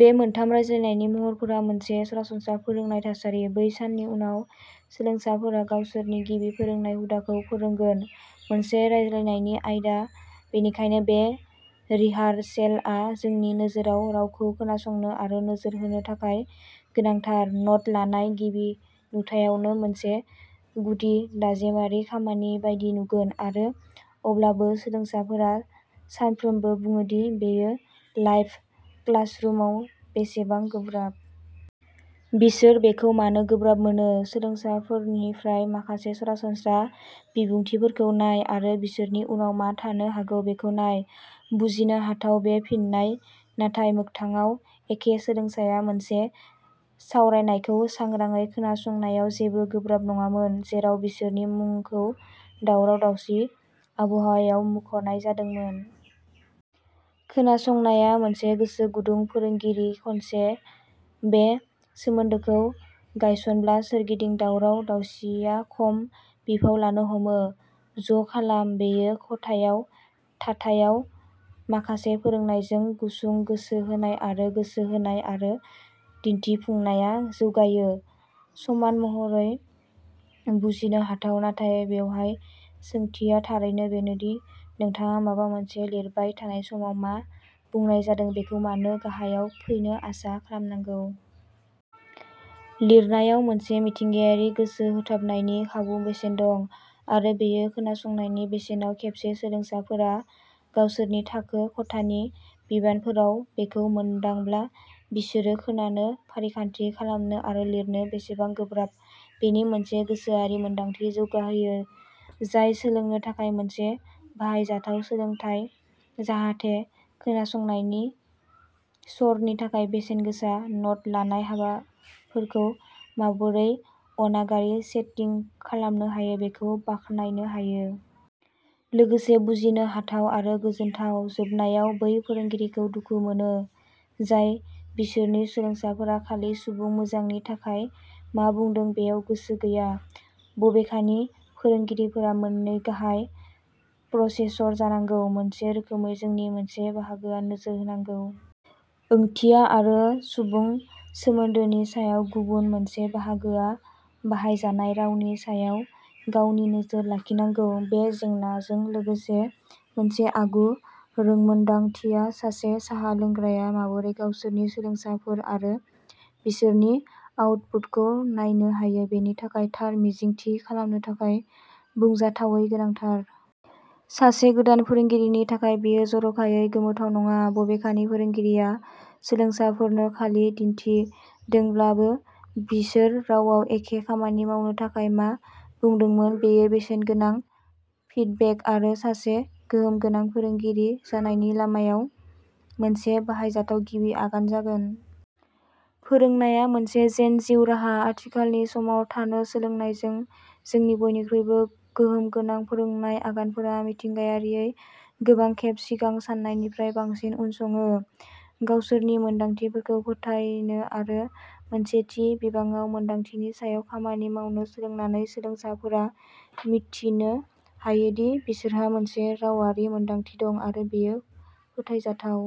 बे मोनथाम रायज्लायनायनि महरफोरा मोनसे सरासनस्रा फोरोंनाय थासारि। बै साननि उनाव, सोलोंसाफोरा गावसोरनि गिबि फोरोंनाय हुदाखौ फोरोंगोन मोनसे रायज्लायनायनि आयदा बेनिखायनो बे रिहारसेलआ जोंनि नोजोराव रावखौ खोनासंनो आरो नोजोर होनो थाखाय गोनांथार। न'ट लानाय, गिबि नुथायावनो, मोनसे गुदि, दाजेमारि खामानि बायदि नुगोन आरो अब्लाबो, सोलोंसाफोरा सानफ्रोमबो बुङो दि बेयो लाइभ क्लासरुमाव बेसेबां गोब्राब। बिसोर बेखौ मानो गोब्राब मोनो? सोलोंसाफोरनिफ्राय माखासे सरासनस्रा बिबुंथिफोरखौ नाय आरो बिसोरनि उनाव मा थानो हागौ बेखौ नाय। बुजिनो हाथाव, बे फिननाय, नाथाय मोगथाङाव एखे सोलोंसाया मोनसे सावरायनायखौ सांग्राङै खोनासंनायाव जेबो गोब्राब नङामोन जेराव बिसोरनि मुंखौ दावराव दावसि आबहावायाव मुंख'नाय जादोंमोन। खोनासंनाया मोनसे गोसो गुदुं फोरोंगिरि खनसे बे सोमोन्दोखौ गायसनब्ला, सोरगिदिं दावराव दावसिया खम बिफाव लानो हमो। ज'खालाम! बेयो खथायाव थाथायाव माखासे फोरोंनायजों, गुसुं गोसो होनाय आरो गोसो होनाय, आरो दिन्थिफुंनाया जौगायो। समान महरै बुजिनो हाथाव, नाथाय बेवहाय सोंथिया थारैनो बेनो दि नोंथाङा माबा मोनसे लिरबाय थानाय समाव मा बुंनाय जादों बेखौ मानो गाहायाव फैनो आसा खालामनांगौ? लिरनायाव मोनसे मिथिंगायारि गोसो होथाबनायनि खाबु बेसेन दं, आरो बेयो खोनासंनायनि बेसेनाव। खेबसे सोलोंसाफोरा गावसोरनि थाखो खथानि बिबानफोराव बेखौ मोनदांब्ला, बिसोरो खोनानो, फारिखान्थि खालामनो आरो लिरनो बेसेबां गोब्राब बेनि मोनसे गोसोआरि मोनदांथि जौगाहोयो जाय सोलोंनो थाखाय मोनसे बाहायजाथाव सोलोंथाय, जाहाथे खोनासंनायनि सर'नि थाखाय बेसेन गोसा न'ट लानाय हाबाफोरखौ माबोरै अनागारि सेटिं खालामनो हायो बेखौ बाखनायनो हायो। लोगोसे बुजिनो हाथाव, आरो गोजोनथाव जोबनायाव, बै फोरोंगिरिखौ दुखु मोनो जाय बिसोरनि सोलोंसाफोरा खालि सुबुं मोजांनि थाखाय मा बुंदों बेयाव गोसो गैया। बबेखानि, फोरोंगिरिफोरा मोन्नै गाहाय प्रसेसर जानांगौ, मोनसे रोखोमै जोंनि मोनसे बाहागोआ नोजोर होनांगौ। ओंथिया आरो सुबुं सोमोनदोनि सायाव गुबुन मोनसे बाहागोआ बाहायजानाय रावनि सायाव गावनि नोजोर लाखिनांगौ। बे जेंनाजों लोगोसे मोनसे आगु रोंमोनदांथिया सासे साहा लोंग्राया माबोरै गावसोरनि सोलोंसाफोर आरो बिसोरनि आउटपुटखौ नायनो हायो बेनि थाखाय थार मिजिं थि खालामनो थाखाय बुंजाथावै गोनांथार। सासे गोदान फोरोंगिरिनि थाखाय, बेयो जर'खायै गोमोथाव नङा। बबेखानि, फोरोंगिरिया सोलोंसाफोरनो खालि दिन्थिदोंब्लाबो बिसोर रावआव एखे खामानि मावनो थाखाय मा बुंदोंमोन, बेयो बेसेनगोनां फिडबेक आरो सासे गोहोमगोनां फोरोंगिरि जानायनि लामायाव मोनसे बाहायजाथाव गिबि आगान जागोन। फोरोंनाया मोनसे जेन जिउ राहा आथिखालनि समाव थानो सोलोंनायजों, जोंनि बयनिख्रुइबो गोहोमगोनां फोरोंनाय आगानफोरा मिथिंगायारियै गोबां खेब सिगां सान्नायनिफ्राय बांसिन उनसङो। गावसोरनि मोनदांथिफोरखौ फोथायनो आरो मोनसे थि बिबाङाव मोनदांथिनि सायाव खामानि मावनो सोलोंनानै, सोलोंसाफोरा मिथिनो हायो दि बिसोरहा मोनसे रावारि मोनदांथि दं आरो बेयो फोथायजाथाव।